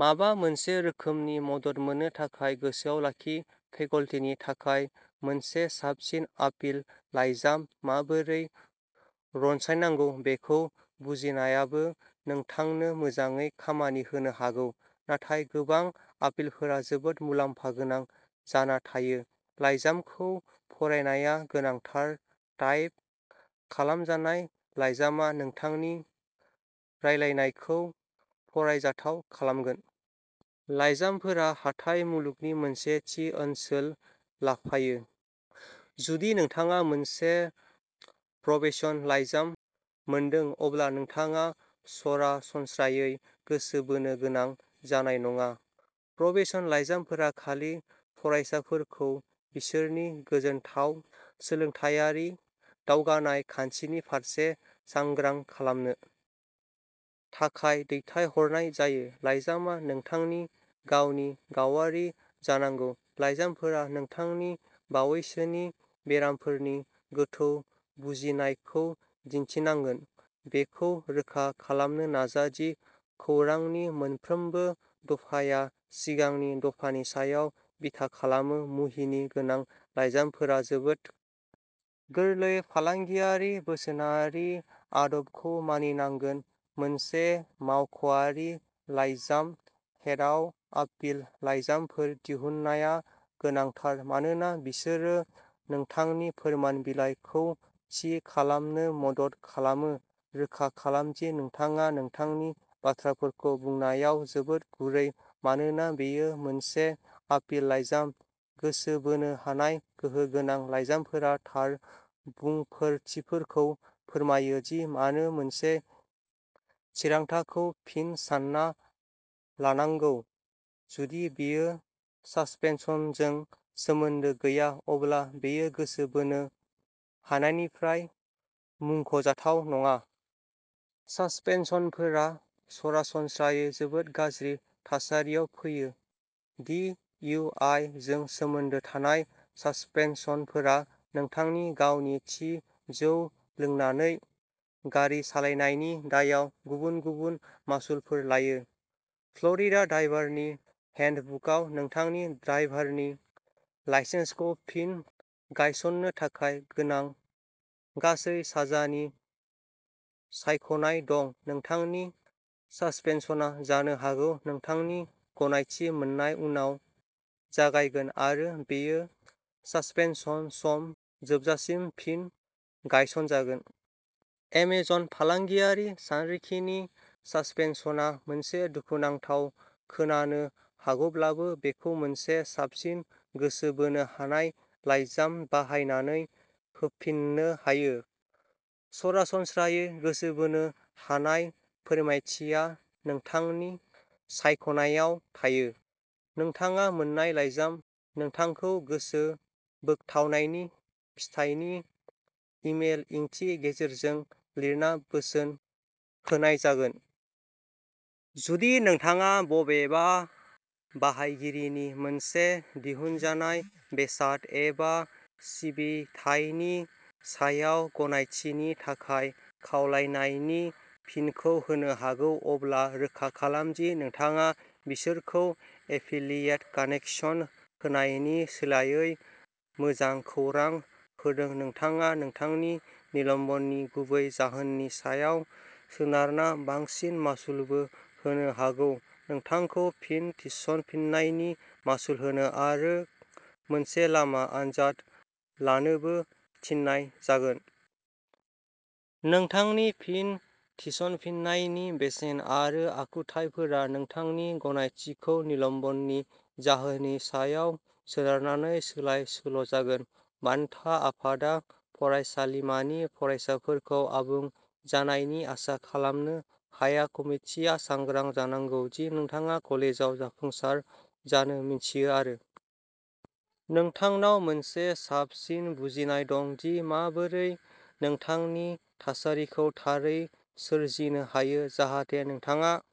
माबा मोनसे रोखोमनि मदद मोननो थाखाय गोसोआव लाखि फेकल्टीनि थाखाय मोनसे साबसिन आपिल लाइजाम माबोरै रनसायनांगौ बेखौ बुजिनायाबो नोंथांनो मोजाङै खामानि होनो हागौ नाथाय गोबां आपिलफोरा जोबोद मुलाम्फा गोनां जाना थायो लाइजामखौ फरायनाया गोनांथार टाइप खालामजानाय लाइजामआ नोंथांनि रायलायनायखौ फरायजाथाव खालामगोन। लाइजामफोरा हाथाइ मुलुगनि मोनसे थि ओनसोल लाफायो। जुदि नोंथाङा मोनसे प्रबेशन लाइजाम मोनदों अब्ला नोंथाङा सरासनस्रायै गोसो बोनो गोनां जानाय नङा प्रबेशन लाइजामफोरा खालि फरायसाफोरखौ बिसोरनि गोजोनथाव सोलोंथायारि दावगानाय खान्थिनि फारसे सांग्रां खालामनो थाखाय दैथाय हरनाय जायो लाइजामआ नोंथांनि गावनि गावारि जानांगौ लाइजामफोरा नोंथांनि बावैसोनि बेरामफोरनि गोथौ बुजिनायखौ दिन्थिनांगोन बेखौ रोखा खालामनो नाजा दि खौरांनि मोनफ्रोमबो दफाया सिगांनि दफानि सायाव बिथा खालामो मुहिनि गोनां लाइजामफोरा जोबोद गोरलै फालांगियारि बोसोनारि आदबखौ मानिनांगोन मोनसे मावख'आरि लाइजाम हेडआव आपिल लाइजामफोर दिहुननाया गोनांथार मानोना बिसोरो नोंथांनि फोरमान बिलाइफोरखौ थि खालामनो मदद खालामो रोखा खालाम दि नोंथाङा नोंथांनि बाथ्राफोरखौ बुंनायाव जोबोद गुरै मानोना बेयो मोनसे आपिल लाइजाम गोसो बोनो हानाय गोहो गोनां लाइजामफोरा थार बुंफोरथिफोरखौ फोरमायो दि मानो मोनसे थिरांथाखौ फिन सानना लानांगौ जुदि बेयो सासपेनसनजों सोमोन्दो गैया अब्ला बेयो गोसो बोनो हानायनिफ्राय मुंख'जाथाव नङा। सासपेनसनफोरा सरासनस्रायै जोबोद गाज्रि थासारियाव फैयो। दि इउ आइ जों सोमोन्दो थानाय सासपेनसनफोरा नोंथांनि गावनि थि जौ लोंनानै गारि सालायनायनि दायाव गुबुन गुबुन मासुलफोर लायो फ्ल'रिडा ड्राइभारनि हेन्डबुकआव नोंथांनि ड्राइभारनि लाइसेन्सखौ फिन गायसननो थाखाय गोनां गासै साजानि सायख'नाय दं नोंथांनि सासपेनसनआ जानो हागौ नोंथांनि गनायथि मोन्नाय उनाव जागायगोन आरो बेयो सासपेनसन सम जोबजासिम फिन गायसनजागोन। एमेजन फालांगियारि सानरिखिनि सासपेनसनआ मोनसे दुखुनांथाव खोनानो हागौब्लाबो बेखौ मोनसे साबसिन गोसो बोनो हानाय लाइजाम बाहायनानै होफिननो हायो। सरासनस्रायै, गोसो बोनो हानाय फोरमायथिया नोंथांनि सायख'नायाव थायो। नोंथाङा मोन्नाय लाइजाम। नोंथांखौ गोसो बोगथाबनायनि फिथाइनि इमेल इंथि गेजेरजों लिरना बोसोन होनाय जागोन। जुदि नोंथाङा बबेबा बाहायगिरिनि मोनसे दिहुनजानाय बेसाद एबा सिबिथायनि सायाव गनायथिनि थाखाय खावलायनायनि फिनखौ होनो हागौ अब्ला रोखा खालाम दि नोंथाङा बिसोरखौ एफिलियेट कानेकसन होनायनि सोलायै मोजां खौरां होदों नोंथाङा नोंथांनि निलम्बननि गुबै जाहोननि सायाव सोनारना बांसिन मासुलबो होनो हागौ नोंथांखौ फिन थिसनफिन्नायनि मासुल होनो आरो मोनसे लामा आनजाद लानोबो थिननाय जागोन। नोंथांनि फिन थिसनफिन्नायनि बेसेन आरो आखुथायफोरा नोंथांनि गनायथिखौ निलम्बननि जाहोननि सायाव सोनारनानै सोलाय सोल'जागोन बान्था आफादा फरायसालिमानि फरायसाफोरखौ आबुं जानायनि आसा खालामनो हाया कमितिआ सांग्रां जानांगौ दि नोंथाङा कलेजाव जाफुंसार जानो मिन्थियो आरो नोंथांनाव मोनसे साबसिन बुजिनाय दं दि माबोरै नोंथांनि थासारिखौ थारै सोरजिनो हायो जाहाथे नोंथाङा